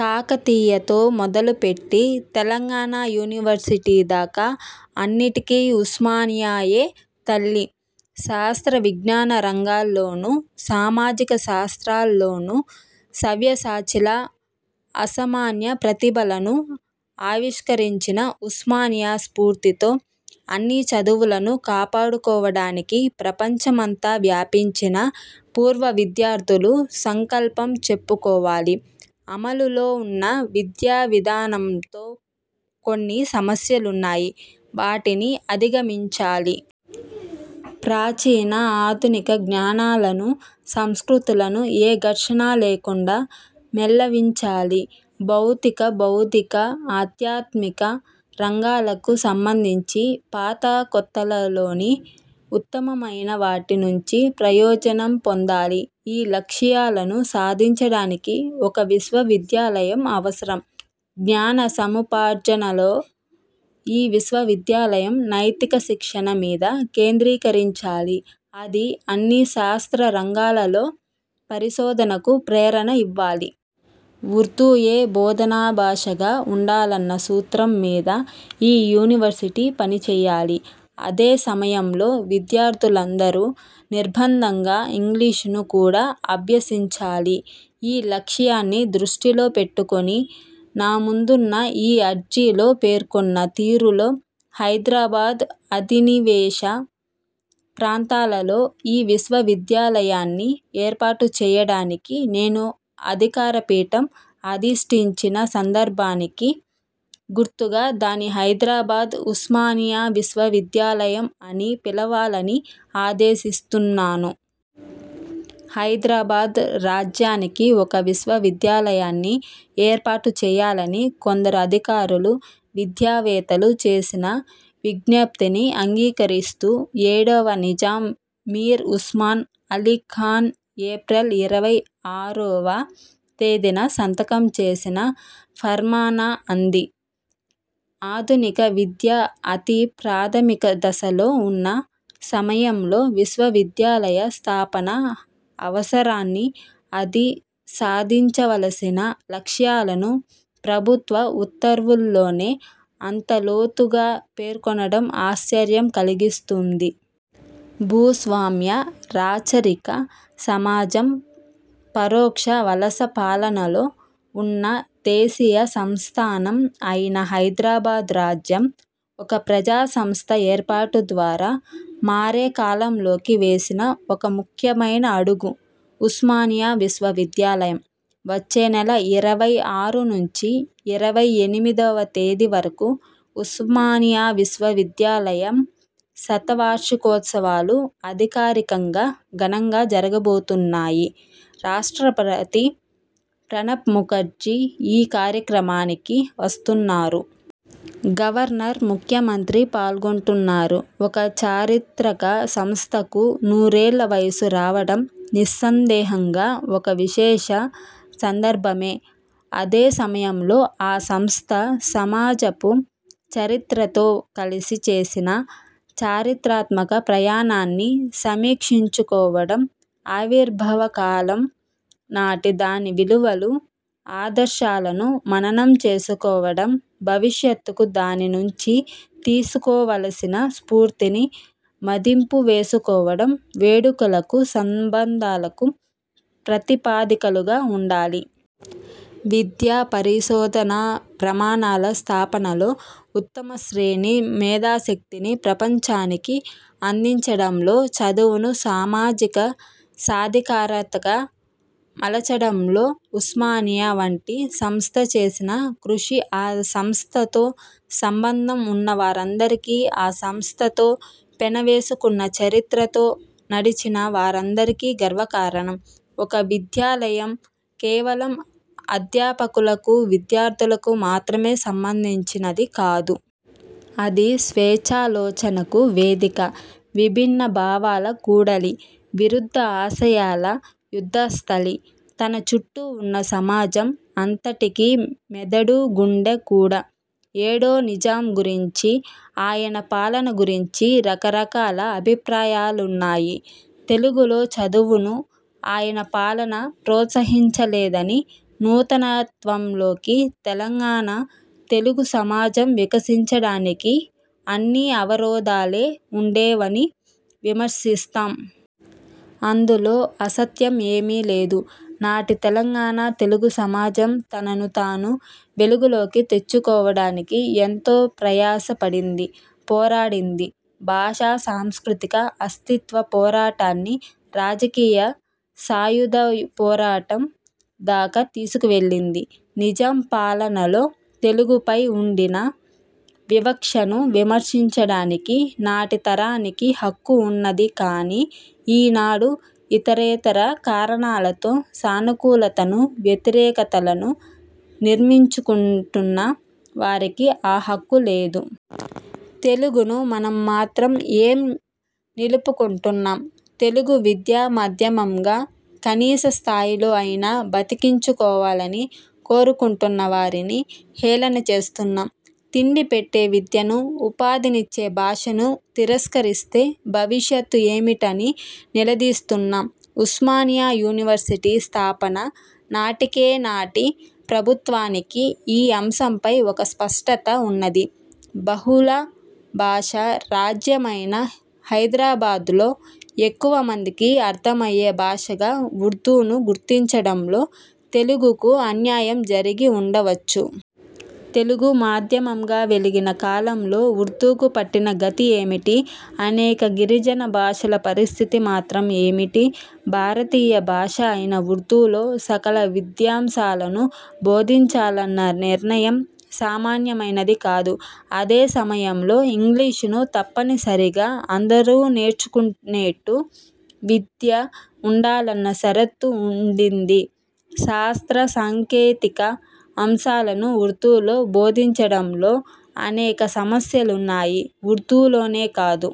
కాకతీయతో మొదలుపెట్టి, తెలంగాణ యూనివర్సిటీ దాకా అన్నిటికీ ఉస్మానియాయే తల్లి. శాస్త్రవిజ్ఞాన రంగాలలోను, సామాజిక శాస్త్రాలలోను సవ్యసాచిలా అసామాన్య ప్రతిభలను ఆవిష్క రించిన ఉస్మానియా స్ఫూర్తితో, అన్ని చదువులను కాపాడుకోవడానికి ప్రపంచమంతా వ్యాపించిన పూర్వవిద్యార్థులు సంకల్పం చెప్పుకోవాలి. 'అమలులో ఉన్న విద్యావిధానంతో కొన్ని సమస్యలున్నాయి. వాటిని అధిగమించాలి. ప్రాచీన, ఆధునిక జ్ఞానాలను, సంస్కృతులను ఏ ఘర్షణా లేకుండా మేళవించాలి. భౌతిక, బౌద్ధిక, ఆధ్యాత్మిక రంగాలకు సంబంధించి పాతకొత్తలలోని ఉత్తమమైనవాటి నుంచి ప్రయోజనం పొందాలి. ఈ లక్ష్యాలను సాధించడానికి ఒక విశ్వవిద్యాలయం అవసరం. జ్ఞాన సముపార్జనలో ఈ విశ్వవిద్యాలయం నైతిక శిక్షణ మీద కేంద్రీకరించాలి. అది అన్ని శాస్త్రరంగాలలో పరిశోధనకు ప్రేరణ ఇవ్వాలి. ఉర్దూయే బోధనాభాషగా ఉండాలన్న సూత్రం మీద ఈ యూనివర్సిటీ పనిచేయాలి. అదే సమయంలో విద్యార్థులందరూ నిర్బంధంగా ఇంగ్లీషును కూడా అభ్యసించాలి. ఈ లక్ష్యాన్ని దృష్టిలో పెట్టుకుని, నాముందున్న ఈ అర్జీలో పేర్కొన్న తీరులో హైదరాబాద్ అధినివేశ ప్రాంతాలలో ఒక విశ్వవిద్యాలయాన్ని ఏర్పాటు చేయడానికి, నేను అధికారపీఠం అధిష్ఠించిన సందర్భానికి గుర్తుగా దాన్ని హైదరాబాద్ ఉస్మానియా విశ్వవిద్యాలయం అని పిలవాలని ఆదేశిస్తున్నాను. ' హైదరాబాద్ రాజ్యానికి ఒక విశ్వవిద్యాలయాన్ని ఏర్పాటు చేయాలని కొందరు అధికారులు, విద్యావేత్తలు చేసిన విజ్ఞప్తిని అంగీకరిస్తూ ఏడవ నిజాం మీర్ ఉస్మాన్ అలీ ఖాన్ ఏప్రిల్ ఇరవై ఆరువ తేదీన సంతకం చేసిన ఫర్మానా అది. ఆధునిక విద్య అతి ప్రాథమిక దశలో ఉన్న సమయంలో విశ్వవిద్యాలయ స్థాపన అవసరాన్ని, అది సాధించవలసిన లక్ష్యాలను ప్రభుత్వ ఉత్తర్వులోనే అంత లోతుగా పేర్కొనడం ఆశ్చర్యం కలిగిస్తుంది. భూస్వామ్య-రాచరిక సమాజం, పరోక్ష వలస పాలనలో ఉన్న దేశీయ సంస్థానం అయిన హైదరాబాద్ రాజ్యం, ఒక ప్రజాసంస్థ ఏర్పాటు ద్వారా, మారే కాలంలోకి వేసిన ఒక ముఖ్యమైన అడుగు- ఉస్మానియా విశ్వవిద్యాలయం. వచ్చే నెల ఇరవై ఆరు నుంచి ఇరవై ఎనిమిదివ తేదీ వరకు ఉస్మానియా విశ్వవిద్యాలయం శతవార్షికోత్సవాలు అధికారికంగా ఘనంగా జరగబోతున్నాయి రాష్ట్రపతి ప్రణబ్ముఖర్జీ ఈ కార్యక్రమానికి వస్తున్నారు. గవర్నర్, ముఖ్యమంత్రి పాల్గొంటున్నారు. ఒక చారిత్రక సంస్థకు నూరేళ్ల వయస్సు రావడం నిస్సందేహంగా ఒక విశేష సందర్భమే. అదే సమయంలో ఆ సంస్థ సమాజపు చరిత్రతో కలిసి చేసిన చరిత్రాత్మక ప్రయాణాన్ని సమీక్షించుకోవడం, ఆవిర్భావకాలం నాటి దాని విలువలు, ఆదర్శాలను మననం చేసుకోవడం, భవిష్యత్తుకు దాని నుంచి తీసుకోవలసిన స్ఫూర్తిని మదింపువేసుకోవడం వేడుకలకు, సంబరాలకు ప్రాతిపదికలుగా ఉండాలి. విద్యా, పరిశోధనా ప్రమాణాల స్థాపనలో, ఉత్తమశ్రేణి మేధాశక్తిని ప్రపంచానికి అందించడంలో, చదువును సామాజిక సాధికారతగా మలచడంలో ఉస్మానియా వంటి సంస్థ చేసిన కృషి ఆ సంస్థతో సంబంధం ఉన్నవారందరికీ, ఆ సంస్థతో పెనవేసుకున్న చరిత్రతో నడిచిన వారందరికీ గర్వకారణం. ఒక విద్యాలయం కేవలం అధ్యాపకులకు, విద్యార్థులకు మాత్రమే సంబంధించినది కాదు. అది స్వేచ్ఛాలోచనలకు వేదిక, విభిన్న భావాల కూడలి, విరుద్ధ ఆశయాల యుద్ధస్థలి, తన చుట్టూ ఉన్న సమాజం అంతటికీ మెదడూ, గుండే కూడా. ఏడో నిజాం గురించి, ఆయన పాలన గురించి రకరకాల అభిప్రాయాలున్నాయి. తెలుగులో చదువును ఆయన పాలన ప్రోత్సహించలేదని, నూతనత్వంలోకి తెలంగాణ తెలుగు సమాజం వికసించడానికి అన్నీ అవరోధాలే ఉండేవని విమర్శిస్తాం. అందులో అసత్యం ఏమీ లేదు. నాటి తెలంగాణ తెలుగుసమాజం తనను తాను వెలుగులోకి తెచ్చుకోవడానికి ఎంతో ప్రయాస పడింది, పోరాడింది. భాషా సాంస్కృతిక అస్తిత్వ పోరాటాన్ని రాజకీయ సాయుధపోరాటం దాకా తీసుకువెళ్లింది. నిజాం పాలనలో తెలుగుపై ఉండిన వివక్షను విమర్శించడానికి నాటి తరానికి హక్కు ఉన్నది కానీ, ఈ నాడు ఇతరేతర కారణాలతో సానుకూలతను, వ్యతిరేకతలను నిర్మించుకుంటున్న వారికి ఆ హక్కు లేదు. తెలుగును మనం మాత్రం ఏం నిలుపుకుంటున్నాం? తెలుగు విద్యామాధ్యమంగా కనీసస్థాయిలో అయినా బతికించుకోవాలని కోరుకుంటున్నవారిని హేళన చేస్తున్నాం, తిండిపెట్టే విద్యను, ఉపాధినిచ్చే భాషను తిరస్కరిస్తే భవిష్యత్తు ఏమిటని నిలదీస్తున్నాం. ఉస్మానియా యూనివర్సిటీ స్థాపన నాటికే నాటి ప్రభుత్వానికి ఈ అంశంపై ఒక స్పష్టత ఉన్నది. బహుళభాషా రాజ్యమైన హైదరాబాద్లో ఎక్కువమందికి అర్థమయ్యే భాషగా ఉర్దూను గుర్తించడంలో, తెలుగుకు అన్యాయం జరిగి ఉండవచ్చు. తెలుగుమాధ్యమంగా వెలిగిన కాలంలో, ఉర్దూకు పట్టిన గతి ఏమిటి? అనేక గిరిజన భాషల పరిస్థితి మాత్రం ఏమిటి? భారతీయ భాష అయిన ఉర్దూలో సకల విద్యాంశాలనూ బోధించాలన్న నిర్ణయం సామాన్యమైనది కాదు. అదే సమయంలో, ఇంగ్లీషును తప్పనిసరిగా అందరూ నేర్చుకునేట్టు విద్య ఉండాలన్న షరతూ ఉండింది. శాస్త్రసాంకేతిక అంశాలను ఉర్దూలో బోధించడంలో అనేక సమస్యలున్నాయి. ఉర్దూలోనే కాదు,